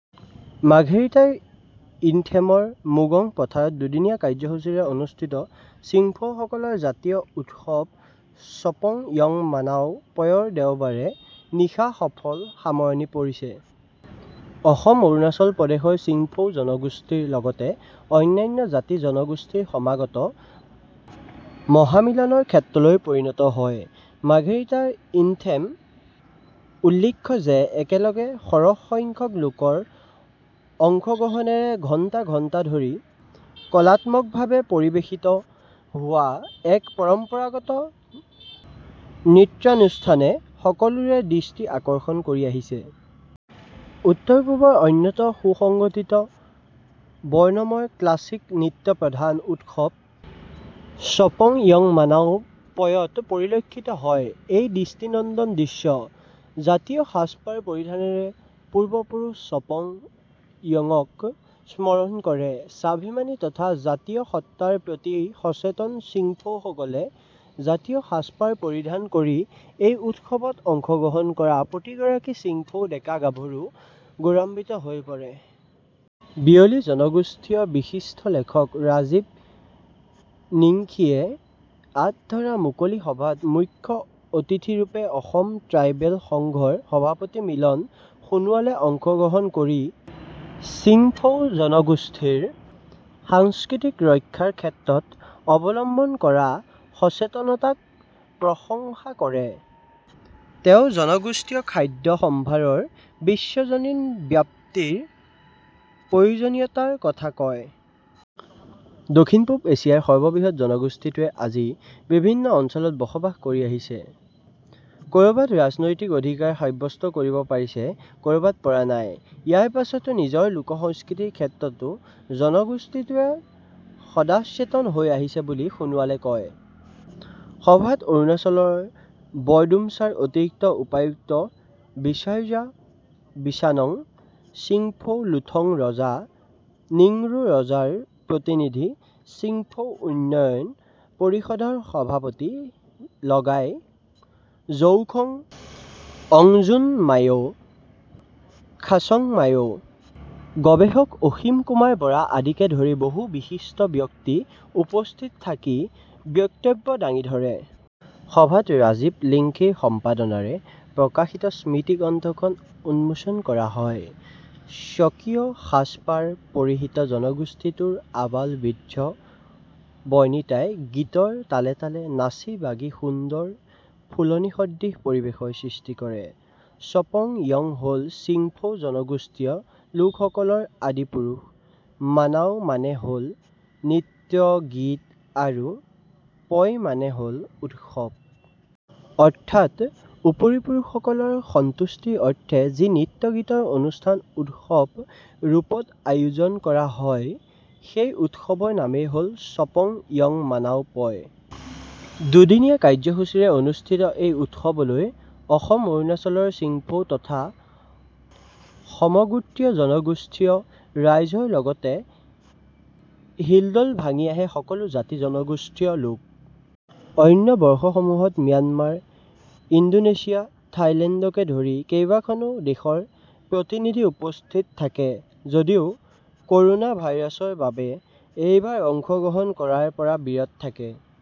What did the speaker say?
মাৰ্ঘেৰিটাৰ ইনথেমৰ মুগংপথাৰত দুদিনীয়া কাৰ্যসূচীৰে অনুষ্ঠিত চিংফৌসকলৰ জাতীয় উৎসৱ স্বপং য়ং মানাও পয়ৰ দেওবাৰে নিশা সফল সামৰণি পৰিছে। অসম-অৰুণাচল প্ৰদেশৰ চিংফৌ জনগোষ্ঠীৰ লগতে অন্যান্য জাতি-জনগোষ্ঠীৰ সমাগমত মহামিলনৰ ক্ষেত্ৰলৈ পৰিণত হয় মাৰ্ঘেৰিটাৰ ইনথেম। উল্লেখ্য যে একেলগে সৰহসংখ্যক লোকৰ অংশগ্ৰহণেৰে ঘণ্টা ঘণ্টা ধৰি কলাত্মকভাৱে পৰিৱেশিত হোৱা এক পৰম্পৰাগত নৃত্যানুষ্ঠানে সকলোৰে দৃষ্টি আকৰ্ষণ কৰি আহিছে। উত্তৰ-পূবৰ অন্যতম সুসংগঠিত, বৰ্ণময় ক্লাছিক নৃত্য প্ৰধান উৎসৱ স্বপং য়ং মানাও পয়ত পৰিলক্ষিত হয় এই দৃষ্টিনন্দন দৃশ্য। জাতীয় সাজ-পাৰ পৰিধানেৰে পূৰ্বপুৰুষ স্বপং য়ঙক স্মৰণ কৰে স্বাভিমানী তথা জাতীয় সত্তাৰ প্ৰতি সচেতন চিংফৌসকলে। জাতীয় সাজ-পাৰ পৰিধান কৰি এই উৎসৱত অংশগ্ৰহণ কৰা প্ৰতিগৰাকী চিংফৌ ডেকা-গাভৰু গৌৰৱান্বিত হৈ পৰে। বিয়লি জনগোষ্ঠীয় বিশিষ্ট লেখক ৰাজীৱ নিংখীয়ে আঁত ধৰা মুকলি সভাত মুখ্য অতিথিৰূপে অসম ট্ৰাইবেল সংঘৰ সভাপতি মিলন সোণোৱালে অংশগ্ৰহণ কৰি চিংফৌ জনগোষ্ঠীৰ সংস্কৃতি ৰক্ষাৰ ক্ষেত্ৰত অৱলম্বন কৰা সচেতনতাক প্ৰশংসা কৰে। তেওঁ জনগোষ্ঠীয় খাদ্য সম্ভাৰৰ বিশ্বজনীন ব্যাপ্তিৰ প্ৰয়োজনীয়তাৰ কথা কয়। দক্ষিণ-পূব এছিয়াৰ সৰ্ববৃহৎ জনগোষ্ঠীটো আজি বিভিন্ন অঞ্চলত বসবাস কৰি আহিছে; ক'ৰবাত ৰাজনৈতিক অধিকাৰ সাব্যস্ত কৰিব পাৰিছে, ক'ৰবাত পৰা নাই। ইয়াৰ পাছতো নিজৰ লোকসংস্কৃতিৰ ক্ষেত্ৰত জনগোষ্ঠীটোৱে সদাসচেতন হৈ আহিছে বুলি সোণোৱালে কয়। সভাত অৰুণাচলৰ বৰডুমছাৰ অতিৰিক্ত উপায়ুক্ত বিচাৰজা বিচানং, চিংফৌ লুথং ৰজা, নিংৰু ৰজাৰ প্ৰতিনিধি, চিংফৌ উন্নয়ন পৰিষদৰ সভাপতি লাগাই জওখং, অংযুন মাইঅ', খাচং মাইঅ', গৱেষক অসীম কুমাৰ বৰা আদিকে ধৰি বহু বিশিষ্ট ব্যক্তি উপস্থিত থাকি বক্তব্য দাঙি ধৰে। সভাত ৰাজীৱ নিংখীৰ সম্পাদনাৰে প্ৰকাশিত স্মৃতিগ্ৰন্থখন উন্মোচন কৰা হয়। স্বকীয় সাজ-পাৰ পৰিহিত জনগোষ্ঠীটোৰ আবাল-বৃদ্ধ-বনিতাই গীতৰ তালে তালে নাচি-বাগি সুন্দৰ ফুলনিসদৃশ পৰিৱেশৰ সৃষ্টি কৰে। স্বপং য়ং হ'ল চিংফৌ জনগোষ্ঠীয় লোকসকলৰ আদিপুৰুষ, 'মানাও' মানে হ'ল নৃত্য-গীত আৰু 'পয়' মানে হ'ল উৎসৱ। অৰ্থাৎ উপৰিপুৰুষসকলৰ সন্তুষ্টিৰ অৰ্থে যি নৃত্য-গীতৰ অনুষ্ঠান উৎসৱ ৰূপত আয়োজন কৰা হয়, সেই উৎসৱৰ নামেই হ'ল স্বপং য়ং মানাও পয়। দুদিনীয়া কাৰ্যসূচীৰে অনুষ্ঠিত এই উৎসৱলৈ অসম-অৰুণাচলৰ চিংফৌ তথা সমগোত্ৰীয় জনগোষ্ঠীয় ৰাইজৰ লগতে হিলদল ভাঙি আহে সকলো জাতি-জনগোষ্ঠীয় লোক। অন্য বৰ্ষসমূহত ম্যানমাৰ, ইণ্ডোনেছিয়া, থাইলেণ্ডকে ধৰি কেইবাখনো দেশৰ প্ৰতিনিধি উপস্থিত থাকে যদিও ক'ৰোনা ভাইৰাছৰ বাবেই এইবাৰ অংশগ্ৰহণ কৰাৰ পৰা বিৰত থাকে।